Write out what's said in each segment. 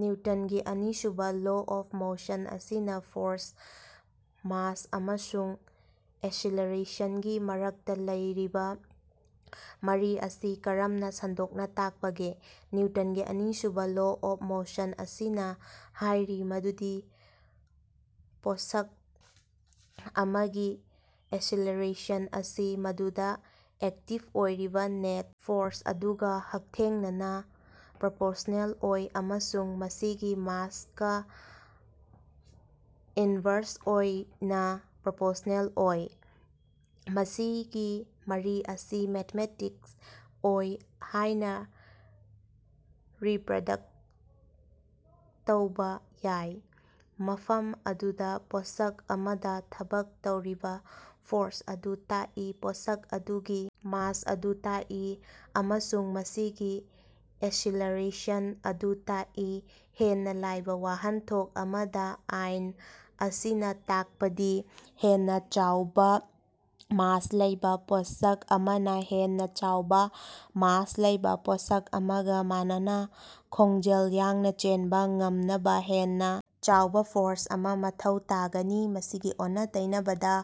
ꯅꯤꯎꯇꯟꯒꯤ ꯑꯅꯤꯁꯨꯕ law of motion ꯑꯁꯤꯅ force, mass ꯑꯃꯁꯨꯡ ꯑꯦꯁꯤꯂꯔꯦꯁꯟꯒꯤ ꯃꯔꯛꯇ ꯂꯩꯔꯤꯕ ꯃꯔꯤ ꯑꯁꯤ ꯀꯔꯝꯅ ꯁꯟꯗꯣꯛꯅ ꯇꯥꯛꯄꯒꯦ? ꯅꯤꯎꯇꯟꯒꯤ ꯑꯅꯤꯁꯨꯕ ꯂꯣ ꯑꯣꯐ ꯃꯣꯁꯟ ꯑꯁꯤꯅ ꯍꯥꯏꯔꯤ ꯃꯗꯨꯗꯤ ꯄꯣꯠꯁꯛ ꯑꯃꯒꯤ ꯑꯦꯁꯤꯂꯔꯦꯁꯟ ꯑꯁꯤ ꯃꯗꯨꯗ ꯑꯦꯛꯇꯤꯕ ꯑꯣꯏꯔꯤꯕ ꯅꯦꯠ ꯐꯣꯔꯁ ꯑꯗꯨꯒ ꯍꯛꯊꯦꯡꯅꯅ ꯄ꯭ꯔꯣꯄꯣꯔꯁ꯭ꯅꯦꯜ ꯑꯣꯏ ꯑꯃꯁꯨꯡ ꯃꯁꯤꯒꯤ ꯃꯥꯁ ꯀꯥ ꯏꯟꯕꯔꯁ ꯑꯣꯏꯅ ꯄ꯭ꯔꯣꯄꯣꯔꯁ꯭ꯑꯦꯜ ꯑꯣꯏ꯫ ꯃꯁꯤꯒꯤ ꯃꯔꯤ ꯑꯁꯤ ꯃꯦꯊꯃꯦꯇꯤꯛ ꯑꯣꯏ ꯍꯥꯏꯅ ꯔꯤꯄꯔꯗꯛꯇ ꯇꯧꯕ ꯌꯥꯏ, ꯃꯐꯝ ꯑꯗꯨꯗ ꯄꯣꯠꯁꯛ ꯑꯃꯗ ꯊꯕꯛ ꯇꯧꯔꯤꯕ ꯐꯣꯔꯁ ꯑꯗꯨ ꯇꯥꯛꯏ, ꯄꯣꯠꯁꯛ ꯑꯗꯨꯒꯤ ꯃꯥꯁ ꯑꯗꯨ ꯇꯥꯛꯏ, ꯑꯃꯁꯨꯡ ꯃꯁꯤꯒꯤ ꯑꯦꯁꯤꯂꯔꯦꯁꯟ ꯑꯗꯨ ꯇꯥꯛꯏ꯫ ꯍꯦꯟꯅ ꯂꯥꯏꯕ ꯋꯥꯍꯟꯊꯣꯛ ꯑꯃꯗ, ꯑꯥꯏꯟ ꯑꯁꯤꯅ ꯇꯥꯛꯄꯗꯤ ꯍꯦꯟꯅ ꯆꯥꯎꯕ ꯃꯥꯁ ꯂꯩꯕ ꯄꯣꯠꯁꯛ ꯑꯃꯅ ꯍꯦꯟꯅ ꯆꯥꯎꯕ ꯃꯥꯁ ꯂꯩꯕ ꯄꯣꯠꯁꯛ ꯑꯃꯒ ꯃꯥꯟꯅꯅ ꯈꯣꯡꯖꯦꯜ ꯌꯥꯡꯅ ꯆꯦꯟꯕ ꯉꯝꯅꯕ ꯍꯦꯟꯅ ꯆꯥꯎꯕ ꯐꯣꯔꯁ ꯑꯃ ꯃꯊꯧ ꯇꯥꯒꯅꯤ꯫ ꯃꯁꯤꯒꯤ ꯑꯣꯟꯅ-ꯇꯩꯅꯕꯗ,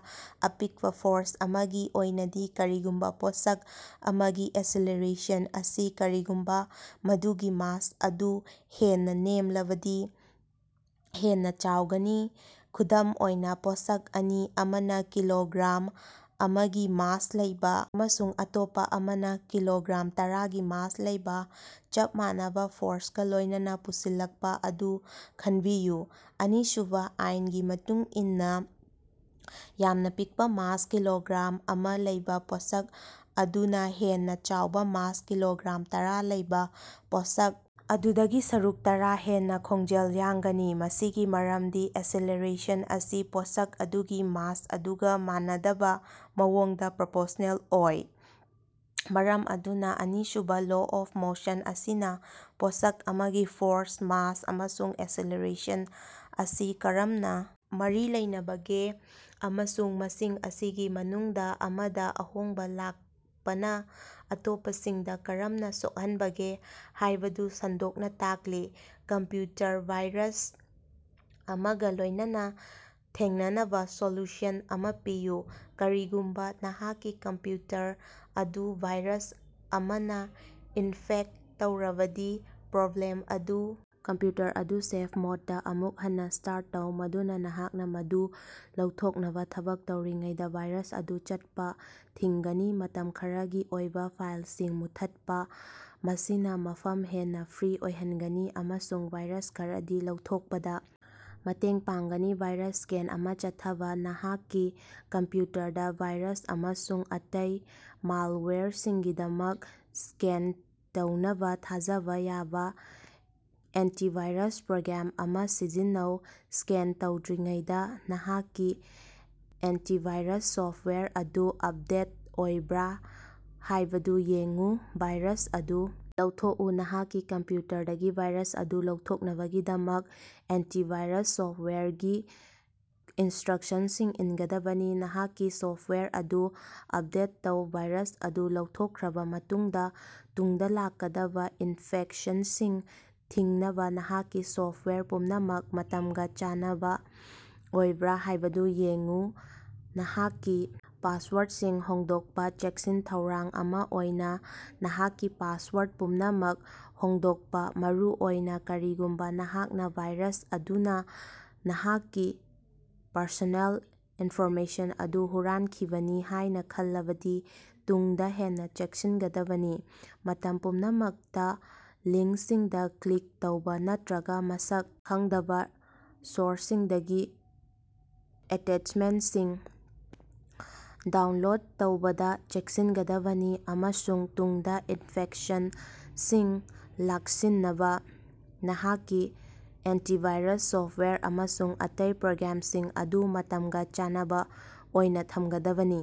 ꯑꯄꯤꯕ ꯐꯣꯔꯁ ꯑꯃꯒꯤ ꯑꯣꯏꯅꯗꯤ, ꯀꯔꯤꯒꯨꯝꯕ ꯄꯣꯠꯁꯛ ꯑꯃꯒꯤ ꯑꯦꯁꯤꯂꯔꯦꯁꯟ ꯑꯁꯤ ꯀꯔꯤꯒꯨꯝꯕ ꯃꯗꯨꯒꯤ ꯃꯥꯁ ꯑꯗꯨ ꯍꯦꯟꯅ ꯅꯦꯝꯂꯕꯗꯤ ꯍꯦꯟꯅ ꯆꯥꯎꯒꯅꯤ꯫ ꯈꯨꯗꯝ ꯑꯣꯏꯅ, ꯄꯣꯠꯁꯛ ꯑꯅꯤ, ꯑꯃꯅ ꯀꯤꯂꯣꯒ꯭ꯔꯥꯝ ꯑꯃꯒꯤ ꯃꯥꯁ ꯂꯩꯕ ꯑꯃꯁꯨꯡ ꯑꯇꯣꯞꯄ ꯑꯃꯅ ꯀꯤꯂꯣꯒ꯭ꯔꯥꯝ ꯇꯔꯥꯒꯤ ꯃꯥꯁ ꯂꯩꯕ, ꯆꯞ ꯃꯥꯟꯅꯕ ꯐꯣꯔꯁꯀ ꯂꯣꯏꯅꯅ ꯄꯨꯁꯤꯜꯂꯛꯄ ꯑꯗꯨ ꯈꯟꯕꯤꯌꯨ꯫ ꯑꯅꯤꯁꯨꯕ ꯑꯥꯏꯟꯒꯤ ꯃꯇꯨꯡ ꯏꯟꯅ, ꯌꯥꯝꯅ ꯄꯤꯛꯄ ꯃꯥꯁ ꯀꯤꯂꯣꯒ꯭ꯔꯥꯝ ꯑꯃ ꯂꯩꯕ ꯄꯣꯠꯁꯛ ꯑꯗꯨꯅ ꯍꯦꯟꯅ ꯆꯥꯎꯕ ꯃꯥꯁ ꯀꯤꯂꯣꯒ꯭ꯔꯥꯝ ꯇꯔꯥ ꯂꯩꯕ ꯄꯣꯠꯁꯛ ꯑꯗꯨꯗꯒꯤ ꯁꯔꯨꯛ ꯇꯔ ꯍꯦꯟꯅ ꯈꯣꯡꯖꯦꯜ ꯌꯥꯡꯒꯅꯤ꯫ ꯃꯁꯤꯒꯤ ꯃꯔꯝꯗꯤ ꯑꯦꯁꯤꯂꯔꯦꯁꯟ ꯑꯁꯤ ꯄꯣꯠꯁꯛ ꯑꯗꯨꯒꯤ ꯃꯥꯁ ꯑꯗꯨꯒ ꯃꯥꯟꯅꯗꯕ ꯃꯑꯣꯡꯗ ꯄ꯭ꯔꯣꯄꯣꯔꯁ꯭ꯅꯦꯜ ꯑꯣꯏ꯫ ꯃꯔꯝ ꯑꯗꯨꯅ ꯑꯅꯤꯁꯨꯕ ꯂꯣ ꯑꯣꯐ ꯃꯣꯁꯟ ꯑꯁꯤꯅ ꯄꯣꯠꯁꯛ ꯑꯃꯒꯤ ꯐꯣꯔꯁ, ꯃꯥꯁ ꯑꯃꯁꯨꯡ ꯑꯦꯁꯤꯂꯔꯦꯁꯟ ꯑꯁꯤ ꯀꯔꯝꯅ ꯃꯔꯤ ꯂꯩꯅꯕꯒꯦ ꯑꯃꯁꯨꯡ ꯃꯁꯤꯡ ꯑꯁꯤꯒꯤ ꯃꯅꯨꯡꯗ ꯑꯃꯗ ꯑꯍꯣꯡꯕ ꯂꯥꯛꯄꯅ ꯑꯇꯣꯞꯄꯁꯤꯡꯗ ꯀꯔꯝꯅ ꯁꯣꯛꯍꯟꯕꯒꯦ ꯍꯥꯏꯕꯗꯨ ꯁꯟꯗꯣꯛꯅ ꯇꯥꯛꯂꯤ꯫ ꯀꯝꯄ꯭ꯌꯨꯇꯔ ꯚꯥꯏꯔꯁ ꯑꯃꯒ ꯂꯣꯏꯅꯅ ꯊꯦꯡꯅꯅꯕ ꯁꯣꯂꯨꯁꯟ ꯑꯃ ꯄꯤꯌꯨ꯫ ꯀꯔꯤꯒꯨꯝꯕ ꯅꯍꯥꯛꯀꯤ ꯀꯝꯄ꯭ꯌꯨꯇꯔ ꯑꯗꯨ ꯚꯥꯏꯔꯁ ꯑꯃꯅ ꯏꯟꯐꯦꯛꯇ ꯇꯧꯔꯕꯗꯤ, ꯄ꯭ꯔꯣꯕ꯭ꯂꯦꯝ ꯑꯗꯨ ꯀꯝꯄ꯭ꯌꯨꯇꯔ ꯑꯗꯨ ꯁꯦꯐ ꯃꯣꯗꯇꯥ ꯑꯃꯨꯛ ꯍꯟꯅ ꯁ꯭ꯇꯥꯔꯠ ꯇꯧ, ꯃꯗꯨꯅ ꯅꯍꯥꯛꯅ ꯃꯗꯨ ꯂꯧꯊꯣꯛꯅꯕ ꯊꯕꯛ ꯇꯧꯔꯤꯉꯩꯗ ꯚꯥꯏꯔꯁ ꯑꯗꯨ ꯆꯠꯄ ꯊꯤꯡꯒꯅꯤ꯫ ꯃꯇꯝ ꯈꯔꯒꯤ ꯑꯣꯏꯕ ꯐꯥꯏꯜꯁꯤꯡ ꯃꯨꯠꯊꯠꯄ - ꯃꯁꯤꯅ ꯃꯐꯝ ꯍꯦꯟꯅ ꯐ꯭ꯔꯤ ꯑꯣꯏꯍꯟꯒꯅꯤ ꯑꯃꯁꯨꯡ ꯚꯥꯏꯔꯁ ꯈꯔꯗꯤ ꯂꯧꯊꯣꯛꯄꯗ ꯃꯇꯦꯡ ꯄꯥꯡꯒꯅꯤ꯫ ꯚꯥꯏꯔꯁ ꯁ꯭ꯀꯦꯟ ꯑꯃ ꯆꯠꯊꯕ - ꯅꯍꯥꯛꯀꯤ ꯀꯝꯄ꯭ꯌꯨꯇꯔꯗ ꯚꯥꯏꯔꯁ ꯑꯃꯁꯨꯡ ꯑꯇꯩ ꯃꯥꯜꯋꯥꯌꯔꯁꯤꯡꯒꯤꯗꯃꯛ ꯁ꯭ꯀꯦꯟ ꯇꯧꯅꯕ ꯊꯥꯖꯕ ꯌꯥꯕ ꯑꯦꯟꯇꯤꯚꯥꯏꯔꯁ ꯄ꯭ꯔꯣꯒ꯭ꯔꯥꯝ ꯑꯃ ꯁꯤꯖꯤꯟꯅꯧ꯫ ꯁ꯭ꯀꯦꯟ ꯇꯧꯗ꯭ꯔꯤꯉꯩꯗ ꯅꯍꯥꯛꯀꯤ ꯑꯦꯟꯇꯤꯚꯥꯏꯔꯁ ꯁꯣꯐ꯭ꯇꯋꯥꯌꯔ ꯑꯗꯨ ꯑꯞꯗꯦꯠ ꯑꯣꯏꯕ꯭ꯔꯥ ꯍꯥꯏꯕꯗꯨ ꯌꯦꯡꯎ꯫ ꯚꯥꯏꯔꯁ ꯑꯗꯨ ꯂꯧꯊꯣꯛꯎ -ꯅꯍꯥꯛꯀꯤ ꯀꯝꯄ꯭ꯌꯨꯇꯔꯗꯒꯤ ꯚꯥꯏꯔꯁ ꯑꯗꯨ ꯂꯧꯊꯣꯛꯅꯕꯒꯤꯗꯃꯛ ꯑꯦꯟꯇꯤꯚꯥꯏꯔꯁ ꯁꯣꯐ꯭ꯇꯋꯥꯌꯔꯒꯤ ꯏꯟꯁꯇ꯭ꯔꯛꯁꯟꯁꯤꯡ ꯏꯟꯒꯗꯕꯅꯤ꯫ ꯅꯍꯥꯛꯀꯤ ꯁꯣꯐ꯭ꯇꯋꯥꯌꯔ ꯑꯗꯨ ꯑꯞꯗꯦꯠ ꯇꯧ - ꯚꯥꯏꯔꯁ ꯑꯗꯨ ꯂꯧꯊꯣꯛꯈ꯭ꯔꯕ ꯃꯇꯨꯡꯗ, ꯇꯨꯡꯗ ꯂꯥꯛꯀꯗꯕ ꯏꯟꯐꯦꯛꯁꯟꯁꯤꯡ ꯊꯤꯡꯅꯕ ꯅꯍꯥꯛꯀꯤ ꯁꯣꯐ꯭ꯇꯋꯥꯌꯔ ꯄꯨꯝꯅꯃꯛ ꯃꯇꯝꯒ ꯆꯥꯟꯅꯕ ꯑꯣꯏꯕ꯭ꯔꯥ ꯍꯥꯏꯕꯗꯨ ꯌꯦꯡꯎ꯫ ꯅꯍꯥꯛꯀꯤ ꯄꯥꯁꯋꯥꯔꯗꯁꯤꯡ ꯍꯣꯡꯗꯣꯛꯄ - ꯆꯦꯛꯁꯤꯟ ꯊꯧꯔꯥꯡ ꯑꯃ ꯑꯣꯏꯅ ꯅꯍꯥꯛꯀꯤ ꯄꯥꯁꯋꯥꯔꯗ ꯄꯨꯝꯅꯃꯛ ꯍꯣꯡꯗꯣꯛꯎ, ꯃꯔꯨꯑꯣꯏꯅ ꯀꯔꯤꯒꯨꯝꯕ ꯅꯍꯥꯛꯅ ꯚꯥꯏꯔꯁ ꯑꯗꯨꯅ ꯅꯍꯥꯛꯀꯤ ꯄꯔꯁꯣꯅꯦꯜ ꯏꯟꯐꯣꯔꯃꯦꯁꯟ ꯑꯗꯨ ꯍꯨꯔꯥꯟꯈꯤꯕꯅꯤ ꯍꯥꯏꯅ ꯈꯜꯂꯕꯗꯤ, ꯇꯨꯡꯗ ꯍꯦꯟꯅ ꯆꯦꯛꯁꯤꯟꯒꯗꯕꯅꯤ꯫ ꯃꯇꯝ ꯄꯨꯝꯅꯃꯛꯇ ꯂꯤꯡ꯭ꯀꯁꯤꯡꯗ ꯀ꯭ꯂꯤꯛ ꯇꯧꯕ ꯅꯠꯇꯔꯒ ꯃꯁꯛ ꯈꯪꯗꯕ ꯁꯣꯔꯁꯁꯤꯡꯗꯒꯤ ꯑꯦꯇꯦꯆꯃꯦꯟꯇꯁꯤꯡ ꯗꯥꯎꯟꯂꯣꯗ ꯇꯧꯕꯗ ꯆꯦꯛꯁꯤꯟꯒꯗꯕꯅꯤ, ꯑꯃꯁꯨꯡ ꯇꯨꯡꯗ ꯏꯟꯐꯦꯛꯁꯟꯁꯤꯡ ꯂꯥꯛꯁꯤꯟꯅꯕ ꯅꯍꯥꯛꯀꯤ ꯑꯦꯟꯇꯤꯚꯥꯏꯔꯁ ꯁꯣꯐ꯭ꯇꯋꯥꯌꯔ ꯑꯃꯁꯨꯡ ꯑꯇꯩ ꯄ꯭ꯔꯣꯒ꯭ꯔꯥꯝꯁꯤꯡ ꯑꯗꯨ ꯃꯇꯝꯒ ꯆꯥꯟꯅꯕ ꯑꯣꯏꯅ ꯊꯝꯒꯗꯕꯅꯤ꯫